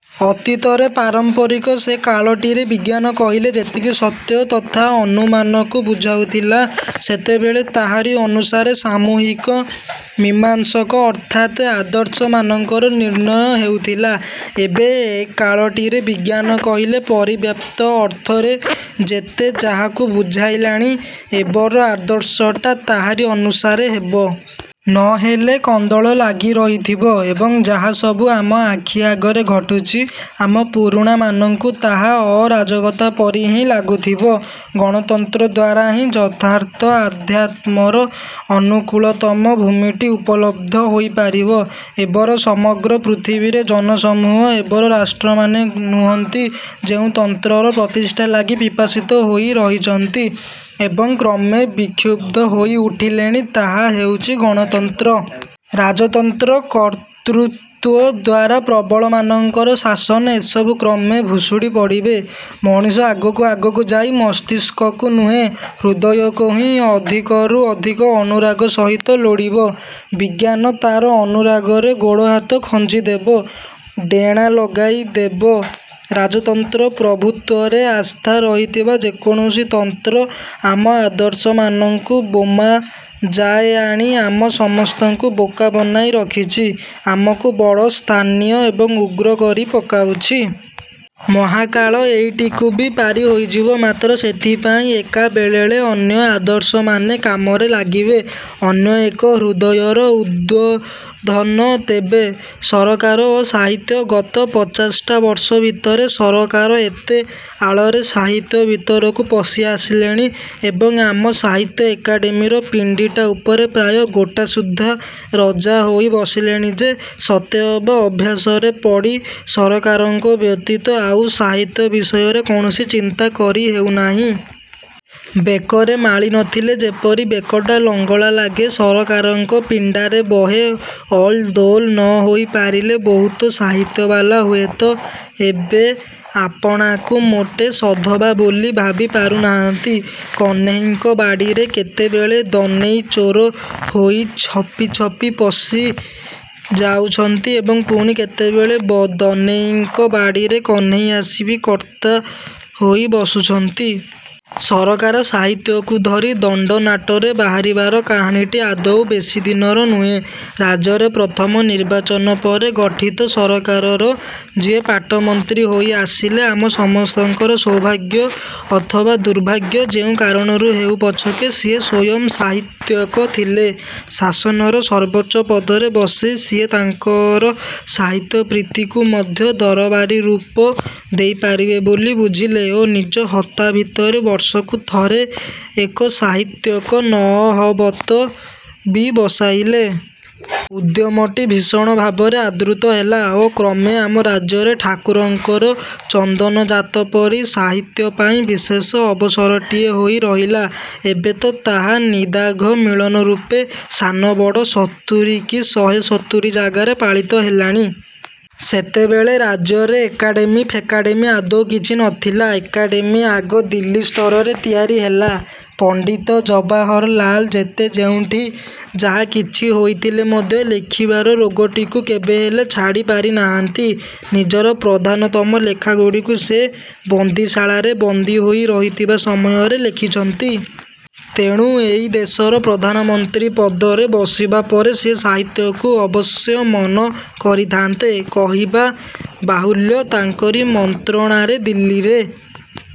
ଅତୀତରେ ପାରମ୍ପରିକ ସେ କାଳଟିରେ ବିଜ୍ଞାନ କହିଲେ ଯେତିକି ସତ୍ୟ ତଥା ଅନୁମାନକୁ ବୁଝାଉଥିଲା ସେତେବେଳେ ତାହାରି ଅନୁସାରେ ସାମୂହିକ ମୀମାଂସକ ଅର୍ଥାତ୍ ଆଦର୍ଶମାନଙ୍କର ନିର୍ଣ୍ଣୟ ହେଉଥିଲା। ଏବେ ଏକାଳଟିରେ ବିଜ୍ଞାନ କହିଲେ ପରିବ୍ୟାପ୍ତ ଅର୍ଥରେ ଯେତେ ଯାହାକୁ ବୁଝାଇଲାଣି, ଏବର ଆଦର୍ଶଟା ତାହାରି ଅନୁସାରେ ହେବ। ନହେଲେ କନ୍ଦଳ ଲାଗି ରହିଥିବ ଏବଂ ଯାହାସବୁ ଆମ ଆଖିଆଗରେ ଘଟୁଛି ଆମ ପୁରୁଣା ମାନଙ୍କୁ ତାହା ଅରାଜକତା ପରି ହିଁ ଲାଗୁଥିବ। ଗଣତନ୍ତ୍ର ଦ୍ଵାରା ହିଁ ଯଥାର୍ଥ ଆଧ୍ୟାତ୍ମର ଅନୁକୂଳତମ ଭୂମିଟି ଉପଲବ୍ଧ ହୋଇପାରିବ। ଏବର ସମଗ୍ର ପୃଥିବୀରେ ଜନସମୂହ, ଏବର ରାଷ୍ଟ୍ରମାନେ ନୁହନ୍ତି ଯେଉଁ ତନ୍ତ୍ରର ପ୍ରତିଷ୍ଠା ଲାଗି ପିପାସିତ ହୋଇ ରହିଛନ୍ତି ଏବଂ କ୍ରମେ ବିକ୍ଷୁବ୍ଧ ହୋଇ ଉଠିଲେଣି ତାହା ହେଉଛି ଗଣତନ୍ତ୍ର। ରାଜତନ୍ତ୍ର, କର୍ତ୍ତୃତ୍ଵ ଦ୍ଵାରା ପ୍ରବଳମାନଙ୍କର ଶାସନ ଏସବୁ କ୍ରମେ ଭୁଶୁଡ଼ି ପଡ଼ିବେ। ମଣିଷ ଆଗକୁ ଆଗକୁ ଯାଇ ମସ୍ତିଷ୍କକୁ ନୁହେଁ, ହୃଦୟକୁ ହିଁ ଅଧିକରୁ ଅଧିକ ଅନୁରାଗ ସହିତ ଲୋଡ଼ିବ। ବିଜ୍ଞାନ ତାର ଅନୁରାଗରେ ଗୋଡ଼ହାତ ଖଞ୍ଜିଦେବ, ଡ଼େଣା ଲଗାଇଦେବ। ରାଜତନ୍ତ୍ର ପ୍ରଭୁତ୍ୱରେ ଆସ୍ଥା ରହିଥିବା ଯେକୌଣସି ତନ୍ତ୍ର ଆମ ଆଦର୍ଶମାନଙ୍କୁ ବୋମା ଯାଏ ଆଣି ଆମ ସମସ୍ତଙ୍କୁ ବୋକା ବନାଇ ରଖିଛି, ଆମକୁ ବଡ଼ ସ୍ଥାନୀୟ ଏବଂ ଉଗ୍ର କରି ପକାଉଛି। ମହାକାଳ ଏଇଟିକୁ ବି ପାରି ହୋଇଯିବ। ମାତ୍ର ସେଥିପାଇଁ ଏକାବେଳେଳେ ଅନ୍ୟ ଆଦର୍ଶମାନେ କାମରେ ଲାଗିବେ, ଅନ୍ୟ ଏକ ହୃଦୟର ଉଦ୍ବୋଧନ ଦେବେ। ସରକାର ଓ ସାହିତ୍ୟ ଗତ ପଚାଶଟା ବର୍ଷ ଭିତରେ ସରକାର ଏତେ ଆଳରେ ସାହିତ୍ୟ ଭିତରକୁ ପଶି ଆସିଲେଣି ଏବଂ ଆମ ସାହିତ୍ୟ ଏକାଡ଼େମୀର ପିଣ୍ଡିଟା ଉପରେ ପ୍ରାୟ ଗୋଟାସୁଦ୍ଧା ରଜା ହୋଇ ବସିଲେଣି ଯେ ସତେଅବା ଅଭ୍ୟାସରେ ପଡ଼ି ସରକାରଙ୍କ ବ୍ୟତୀତ ଆଉ ସାହିତ୍ୟ ବିଷୟରେ କୌଣସି ଚିନ୍ତା କରି ହେଉନାହିଁ। ବେକରେ ମାଳୀ ନଥିଲେ ଯେପରି ବେକଟା ଲଙ୍ଗଳା ଲାଗେ, ସରକାରଙ୍କ ପିଣ୍ଡାରେ ବହେ ଓଲ୍ ଦୋଲ୍ ନହୋଇ ପାରିଲେ ବହୁତ ସାହିତ୍ୟବାଲା ହୁଏତ ଏବେ ଆପଣାକୁ ମୋଟେ ସଧବା ବୋଲି ଭାବି ପାରୁନାହାନ୍ତି। କହ୍ନେଇଙ୍କ ବାଡ଼ିରେ କେତେବେଳେ ଦନେଇ ଚୋର ହୋଇ ଛପି ଛପି ପଶି ଯାଉଛନ୍ତି ଏବଂ ପୁଣି କେତେବେଳେ ବ ଦନେଇଙ୍କ ବାଡ଼ିରେ କହ୍ନେଇ ଆସି ବି କର୍ତ୍ତା ହୋଇ ବସୁଛନ୍ତି। ସରକାର ସାହିତ୍ୟକୁ ଧରି ଦଣ୍ଡନାଟରେ ବାହାରିବାର କାହାଣୀଟି ଆଦୌ ବେଶୀଦିନର ନୁହେଁ। ରାଜ୍ୟରେ ପ୍ରଥମ ନିର୍ବାଚନ ପରେ ଗଠିତ ସରକାରର ଯିଏ ପାଟମନ୍ତ୍ରୀ ହୋଇ ଆସିଲେ, ଆମ ସମସ୍ତଙ୍କର ସୌଭାଗ୍ୟ ଅଥବା ଦୁର୍ଭାଗ୍ୟ ଯେଉଁ କାରଣରୁ ହେଉ ପଛକେ ସିଏ ସ୍ୱୟଂ ସାହିତ୍ୟିକ ଥିଲେ। ଶାସନର ସର୍ବୋଚ୍ଚ ପଦରେ ବସି ସିଏ ତାଙ୍କର ସାହିତ୍ୟପ୍ରୀତିକୁ ମଧ୍ୟ ଦରବାରୀ ରୂପ ଦେଇପାରିବେ ବୋଲି ବୁଝିଲେ ଓ ନିଜ ହତା ଭିତରେ ବର୍ଷକୁ ଥରେ ଏକ ସାହିତ୍ୟିକ ନହବତ ବି ବସାଇଲେ। ଉଦ୍ୟମଟି ଭୀଷଣ ଭାବରେ ଆଦୃତ ହେଲା ଓ କ୍ରମେ ଆମ ରାଜ୍ୟରେ ଠାକୁରଙ୍କର ଚନ୍ଦନଯାତ ପରି ସାହିତ୍ୟ ପାଇଁ ବିଶେଷ ଅବସରଟିଏ ହୋଇ ରହିଲା। ଏବେ ତ ତାହା ନିଦାଘ ମିଳନ ରୂପେ ସାନ ବଡ଼ ସତୁରି କି ଶହେ ସତୁରି ଜାଗାରେ ପାଳିତ ହେଲାଣି। ସେତେବେଳେ ରାଜ୍ୟରେ ଏକାଡ଼େମୀ ଫେକାଡ଼େମୀ ଆଦୌ କିଛି ନଥିଲା। ଏକାଡ଼େମୀ ଆଗ ଦିଲ୍ଲୀ ସ୍ତରରେ ତିଆରି ହେଲା। ପଣ୍ଡିତ ଜବାହରଲାଲ୍ ଯେତେ ଯେଉଁଠି ଯାହାକିଛି ହୋଇଥିଲେ ମଧ୍ୟ ଲେଖିବାର ରୋଗଟିକୁ କେବେହେଲେ ଛାଡ଼ି ପାରିନାହାନ୍ତି। ନିଜର ପ୍ରଧାନତମ ଲେଖାଗୁଡ଼ିକୁ ସେ ବନ୍ଦୀଶାଳାରେ ବନ୍ଦୀ ହୋଇ ରହିଥିବା ସମୟରେ ଲେଖିଛନ୍ତି। ତେଣୁ ଏହି ଦେଶର ପ୍ରଧାନମନ୍ତ୍ରୀ ପଦରେ ବସିବା ପରେ ସିଏ ସାହିତ୍ୟକୁ ଅବଶ୍ୟ ମନ କରିଥାନ୍ତେ। କହିବା ବାହୁଲ୍ୟ, ତାଙ୍କରି ମନ୍ତ୍ରଣାରେ ଦିଲ୍ଲୀରେ